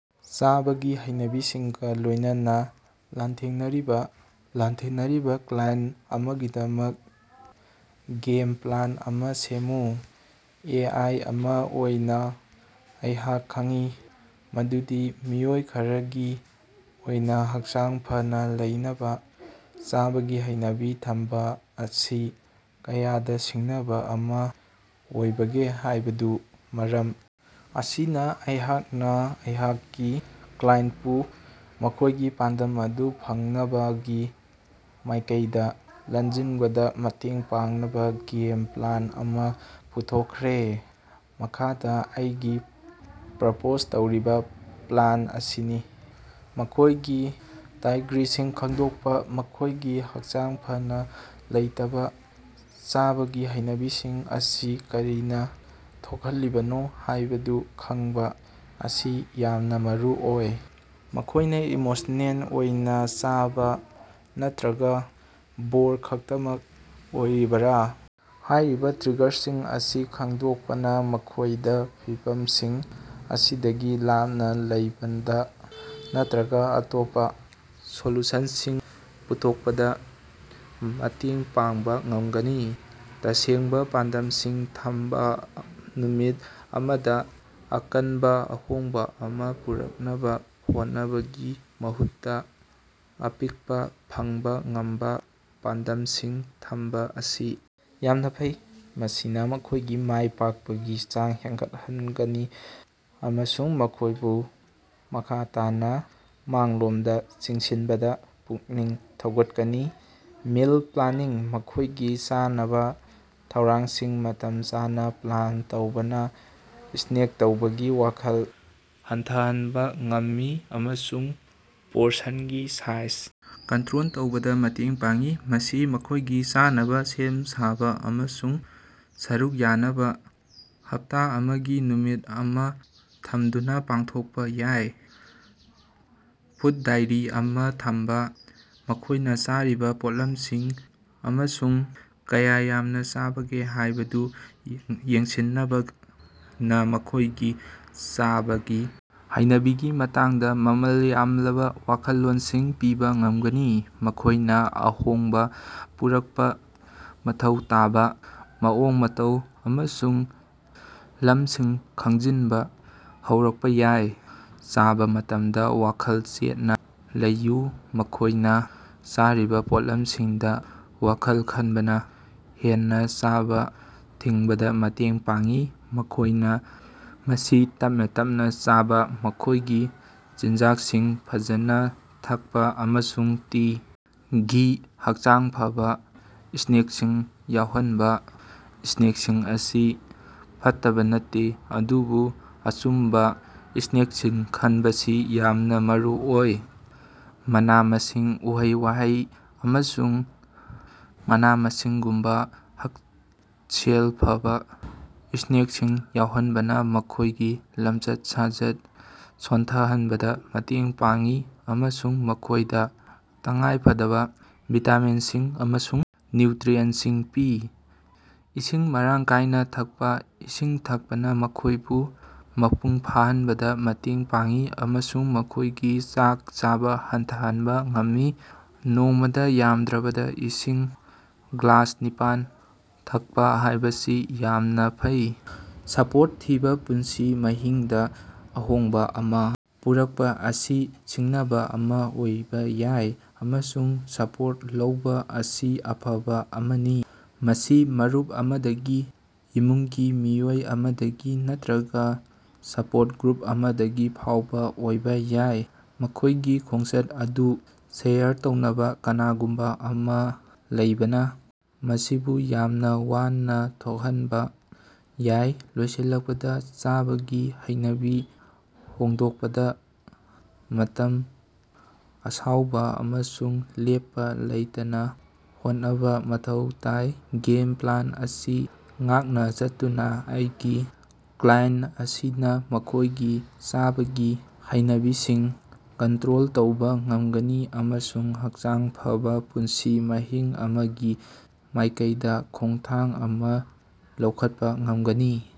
ꯆꯥꯕꯒꯤ ꯍꯩꯅꯕꯤꯁꯤꯡꯒ ꯂꯣꯏꯅꯅ ꯂꯥꯟꯊꯦꯡꯅꯔꯤꯕ ꯀ꯭ꯂꯥꯏꯑꯦꯟꯇ ꯑꯃꯒꯤꯗꯃꯛ ꯒꯦꯝ ꯄ꯭ꯂꯥꯟ ꯑꯃ ꯁꯦꯝꯃꯨ꯫ ꯑꯦ. ꯑꯥꯏ. ꯑꯃ ꯑꯣꯏꯅ ꯑꯩꯍꯥꯛꯅ ꯈꯪꯏ ꯃꯗꯨꯗꯤ ꯃꯤꯑꯣꯏ ꯈꯔꯒꯤ ꯑꯣꯏꯅ ꯍꯛꯆꯥꯡ ꯐꯅ ꯂꯩꯅꯕ ꯆꯥꯕꯒꯤ ꯍꯩꯅꯕꯤ ꯊꯝꯕ ꯑꯁꯤ ꯀꯌꯥꯗ ꯁꯤꯡꯅꯕ ꯑꯃ ꯑꯣꯏꯕꯒꯦ ꯍꯥꯏꯕꯗꯨ꯫ ꯃꯔꯝ ꯑꯁꯤꯅ ꯑꯩꯍꯥꯛꯅ ꯑꯩꯍꯥꯛꯀꯤ ꯀ꯭ꯂꯥꯏꯟꯇꯄꯨ ꯃꯈꯣꯏꯒꯤ ꯄꯥꯟꯗꯝ ꯑꯗꯨ ꯐꯪꯅꯕꯒꯤ ꯃꯥꯏꯀꯩꯗ ꯂꯜꯖꯤꯡꯕꯗ ꯃꯇꯦꯡ ꯄꯥꯡꯅꯕ ꯒꯦꯝ ꯄ꯭ꯂꯥꯟ ꯑꯃ ꯄꯨꯊꯣꯛꯈ꯭ꯔꯦ꯫ ꯃꯈꯥꯗ ꯑꯩꯒꯤ ꯄ꯭ꯔꯄꯣꯖ ꯇꯧꯔꯤꯕ ꯄ꯭ꯂꯥꯟ ꯑꯁꯤꯅꯤ: ꯃꯈꯣꯏꯒꯤ ꯇ꯭ꯔꯥꯏꯒ꯭ꯔꯤꯁꯤꯡ ꯈꯪꯗꯣꯛꯄ: ꯃꯈꯣꯏꯒꯤ ꯍꯛꯆꯥꯡ ꯐꯅ ꯂꯩꯇꯕ ꯆꯥꯕꯒꯤ ꯍꯩꯅꯕꯤꯁꯤꯡ ꯑꯁꯤ ꯀꯔꯤꯅ ꯊꯣꯛꯍꯜꯂꯤꯕꯅꯣ ꯍꯥꯏꯕꯗꯨ ꯈꯪꯕ ꯑꯁꯤ ꯌꯥꯝꯅ ꯃꯔꯨꯑꯣꯏ꯫ ꯃꯈꯣꯏꯅ ꯏꯃꯣꯁꯅꯦꯜ ꯑꯣꯏꯅ ꯆꯥꯕ ꯅꯠꯇꯔꯒ ꯕꯣꯔ ꯈꯛꯇꯃꯛ ꯑꯣꯏꯔꯤꯕꯔ? ꯍꯥꯏꯔꯤꯕ ꯇ꯭ꯔꯤꯒꯔꯁꯤꯡ ꯑꯁꯤ ꯈꯪꯗꯣꯛꯄꯅ ꯃꯈꯣꯏꯗ ꯐꯤꯚꯝꯁꯤꯡ ꯑꯁꯤꯗꯒꯤ ꯂꯥꯞꯅ ꯂꯩꯕꯗ ꯅꯠꯇꯔꯒ ꯑꯇꯣꯞꯄ ꯁꯣꯂꯨꯁꯟꯁꯤꯡ ꯄꯨꯊꯣꯛꯄꯗ ꯃꯇꯦꯡ ꯄꯥꯡꯕ ꯉꯝꯒꯅꯤ꯫ ꯇꯁꯦꯡꯕ ꯄꯥꯟꯗꯝꯁꯤꯡ ꯊꯝꯕ ꯅꯨꯃꯤꯠ ꯑꯃꯗ ꯑꯀꯟꯕ ꯑꯍꯣꯡꯕ ꯑꯃ ꯄꯨꯔꯛꯅꯕ ꯍꯣꯠꯅꯕꯒꯤ ꯃꯍꯨꯠꯇ, ꯑꯄꯤꯛꯄ, ꯐꯪꯕ ꯉꯝꯕ ꯄꯥꯟꯗꯝꯁꯤꯡ ꯊꯝꯕ ꯑꯁꯤ ꯌꯥꯝꯅ ꯐꯩ꯫ ꯃꯁꯤꯅ ꯃꯈꯣꯏꯒꯤ ꯃꯥꯏ ꯄꯥꯛꯄꯒꯤ ꯆꯥꯡ ꯍꯦꯟꯒꯠꯍꯟꯒꯅꯤ ꯑꯃꯁꯨꯡ ꯃꯈꯣꯏꯕꯨ ꯃꯈ ꯇꯥꯅ ꯃꯥꯡꯂꯣꯝꯗ ꯆꯪꯁꯤꯟꯕꯗ ꯄꯨꯛꯅꯤꯡ ꯊꯧꯒꯠꯀꯅꯤ꯫ ꯃꯤꯜ ꯄ꯭ꯂꯥꯅꯤꯡ: ꯃꯈꯣꯏꯒꯤ ꯆꯥꯅꯕ ꯊꯧꯔꯥꯡꯁꯤꯡ ꯃꯇꯝ ꯆꯥꯅ ꯄ꯭ꯂꯥꯟ ꯇꯧꯕꯅ ꯁ꯭ꯅꯦꯛ ꯇꯧꯕꯒꯤ ꯋꯥꯈꯜ ꯍꯟꯊꯍꯟꯕ ꯉꯝꯃꯤ ꯑꯃꯁꯨꯡ ꯄꯣꯔꯁꯟꯒꯤ ꯁꯥꯏꯖ ꯀꯟꯇꯔꯣꯜ ꯇꯧꯕꯗ ꯃꯇꯦꯡ ꯄꯥꯡꯏ꯫ ꯃꯁꯤ ꯃꯈꯣꯏꯒꯤ ꯆꯥꯅꯕ ꯁꯦꯝ-ꯁꯥꯕ ꯑꯃꯁꯨꯡ ꯁꯔꯨꯛ ꯌꯥꯅꯕ ꯍꯞꯇ ꯑꯃꯒꯤ ꯅꯨꯃꯤꯠ ꯑꯃ ꯊꯝꯗꯨꯅ ꯄꯥꯡꯊꯣꯛꯄ ꯌꯥꯏ꯫ ꯐꯨꯗ ꯗꯥꯏꯔꯤ ꯑꯃ ꯊꯝꯕ: ꯃꯈꯣꯏꯅ ꯆꯥꯔꯤꯕ ꯄꯣꯠꯂꯝꯁꯤꯡ ꯑꯃꯁꯨꯡ ꯀꯌ ꯌꯥꯝꯅ ꯆꯥꯕꯒꯦ ꯍꯥꯏꯕꯗꯨ ꯌꯦꯡꯁꯤꯟꯕꯅ ꯃꯈꯣꯏꯒꯤ ꯆꯥꯕꯒꯤ ꯍꯩꯅꯕꯤꯒꯤ ꯃꯇꯥꯡꯗ ꯃꯃꯜ ꯌꯥꯝꯂꯕ ꯋꯥꯈꯜꯂꯣꯟꯁꯤꯡ ꯄꯤꯕ ꯉꯝꯒꯅꯤ꯫ ꯃꯈꯣꯏꯅ ꯑꯍꯣꯡꯕ ꯄꯨꯔꯛꯄ ꯃꯊꯧ ꯇꯥꯕ ꯃꯑꯣꯡ-ꯃꯇꯧ ꯑꯃꯁꯨꯡ ꯂꯝꯁꯤꯡ ꯈꯪꯖꯤꯟꯕ ꯍꯧꯔꯛꯄ ꯌꯥꯏ꯫ ꯆꯥꯕ ꯃꯇꯝꯗ ꯋꯥꯈꯜ ꯆꯦꯠꯅ ꯂꯩꯌꯨ ꯃꯈꯣꯏꯅ ꯆꯥꯔꯤꯕ ꯄꯣꯠꯂꯝꯁꯤꯡꯗ ꯋꯥꯈꯜ ꯈꯟꯕꯅ ꯍꯦꯟꯅ ꯆꯥꯕ ꯊꯤꯡꯕꯗ ꯃꯇꯦꯡ ꯄꯥꯡꯏ꯫ ꯃꯈꯣꯏꯅ ꯃꯁꯤ ꯇꯞꯅ ꯇꯞꯅ ꯆꯥꯕ, ꯃꯈꯣꯏꯒꯤ ꯆꯤꯟꯖꯥꯛꯁꯤꯡ ꯐꯖꯅ ꯊꯛꯄ ꯑꯃꯁꯨꯡ ꯇꯤ. ꯒꯤ. ꯍꯛꯆꯥꯡ ꯐꯕꯥ ꯁ꯭ꯅꯦꯛꯁꯤꯡ ꯌꯥꯎꯍꯟꯕ: ꯁ꯭ꯅꯦꯛꯁꯤꯡ ꯑꯁꯤ ꯐꯠꯇꯕ ꯅꯠꯇꯦ, ꯑꯗꯨꯕꯨ ꯑꯆꯨꯝꯕ ꯁ꯭ꯅꯦꯛꯁꯤꯡ ꯈꯟꯕꯁꯤ ꯌꯥꯝꯅ ꯃꯔꯨꯑꯣꯏ꯫ ꯃꯅꯥ-ꯃꯁꯤꯡ, ꯎꯍꯩ-ꯋꯥꯍꯩ ꯑꯃꯁꯨꯡ ꯃꯅꯥ-ꯃꯁꯤꯡꯒꯨꯝꯕ ꯍꯛꯁꯦꯜ ꯐꯕꯥ ꯁ꯭ꯅꯦꯛꯁꯤꯡ ꯌꯥꯎꯍꯟꯕꯅ ꯃꯈꯣꯏꯒꯤ ꯂꯝꯆꯠ-ꯁꯥꯖꯠ ꯁꯣꯟꯊꯍꯟꯕꯗ ꯃꯇꯦꯡ ꯄꯥꯡꯏ ꯑꯃꯁꯨꯡ ꯃꯈꯣꯏꯗ ꯇꯉꯥꯏꯐꯗꯕ ꯚꯤꯇꯥꯃꯤꯟꯁꯤꯡ ꯑꯃꯁꯨꯡ ꯅ꯭ꯌꯨꯇꯔꯤꯌꯦꯟꯇꯁꯤꯡ ꯄꯤ꯫ ꯏꯁꯤꯡ ꯃꯔꯥꯡ ꯀꯥꯏꯅ ꯊꯛꯄ: ꯏꯁꯤꯡ ꯊꯛꯄꯅ ꯃꯈꯣꯏꯕꯨ ꯃꯄꯨꯡ ꯐꯥꯍꯟꯕꯗ ꯃꯇꯦꯡ ꯄꯥꯡꯏ ꯑꯃꯁꯨꯡ ꯃꯈꯣꯏꯒꯤ ꯆꯥꯛ ꯆꯥꯕ ꯍꯟꯊꯍꯟꯕ ꯉꯝꯃꯤ꯫ ꯅꯣꯡꯃꯗꯥ ꯌꯥꯝꯗ꯭ꯔꯕꯗ ꯏꯁꯤꯡ ꯒ꯭ꯂꯥꯁꯅꯤꯄꯥꯜ ꯊꯛꯄ ꯍꯥꯏꯕꯁꯤ ꯌꯥꯝꯅ ꯐꯩ꯫ ꯁꯄꯣꯔꯇ ꯊꯤꯕ ꯄꯨꯟꯁꯤ ꯃꯍꯤꯡꯗ ꯑꯍꯣꯡꯕ ꯑꯃ ꯄꯨꯔꯛꯄ ꯑꯁꯤ ꯁꯤꯡꯅꯕ ꯑꯃ ꯑꯣꯏꯕ ꯌꯥꯏ, ꯑꯃꯁꯨꯡ ꯁꯄꯣꯔꯠ ꯂꯧꯕ ꯑꯁꯤ ꯑꯐꯕ ꯑꯃꯅꯤ꯫ ꯃꯁꯤ ꯃꯔꯨꯞ ꯑꯃꯗꯒꯤ, ꯏꯃꯨꯡꯒꯤ ꯃꯤꯑꯣꯏ ꯑꯃꯗꯒꯤ ꯅꯠꯇꯔꯒ ꯁꯄꯣꯔꯠ ꯒ꯭ꯔꯨꯞ ꯑꯃꯗꯒꯤ ꯐꯥꯎꯕ ꯑꯣꯏꯕ ꯌꯥꯏ꯫ ꯃꯈꯣꯏꯒꯤ ꯈꯣꯡꯆꯠ ꯑꯗꯨ ꯁꯦꯌꯔ ꯇꯧꯅꯕ ꯀꯅꯥꯒꯨꯝꯕ ꯑꯃ ꯂꯩꯕꯅ ꯃꯁꯤꯕꯨ ꯌꯥꯝꯅ ꯋꯥꯅ ꯊꯣꯛꯍꯟꯕ ꯌꯥꯏ꯫ ꯂꯣꯏꯁꯤꯜꯂꯛꯄꯗ, ꯆꯥꯕꯒꯤ ꯍꯩꯅꯕꯤ ꯍꯣꯡꯗꯣꯛꯄꯗ ꯃꯇꯝ, ꯑꯁꯥꯎꯕ ꯑꯃꯁꯨꯡ ꯂꯦꯞꯄ ꯂꯩꯇꯅ ꯍꯣꯠꯅꯕ ꯃꯊꯧ ꯇꯥꯏ꯫ ꯒꯦꯝ ꯄ꯭ꯂꯥꯟ ꯑꯁꯤ ꯉꯥꯛꯅ ꯆꯠꯇꯨꯅ ꯑꯩꯒꯤ ꯀ꯭ꯂꯥꯏꯑꯦꯟꯇ ꯑꯁꯤꯅ ꯃꯈꯣꯏꯒꯤ ꯆꯥꯕꯒꯤ ꯍꯩꯅꯕꯤꯁꯤꯡ ꯀꯟꯇꯔꯣꯜ ꯇꯧꯕꯥ ꯉꯝꯒꯅꯤ ꯑꯃꯁꯨꯡ ꯍꯛꯆꯥꯡ ꯐꯕꯥ ꯄꯨꯟꯁꯤ ꯃꯍꯤꯡ ꯑꯃꯒꯤ ꯃꯥꯏꯀꯩꯗꯥ ꯈꯣꯉꯊꯥꯡ ꯑꯃ ꯂꯧꯈꯠꯄꯥ ꯉꯝꯒꯅꯤ꯫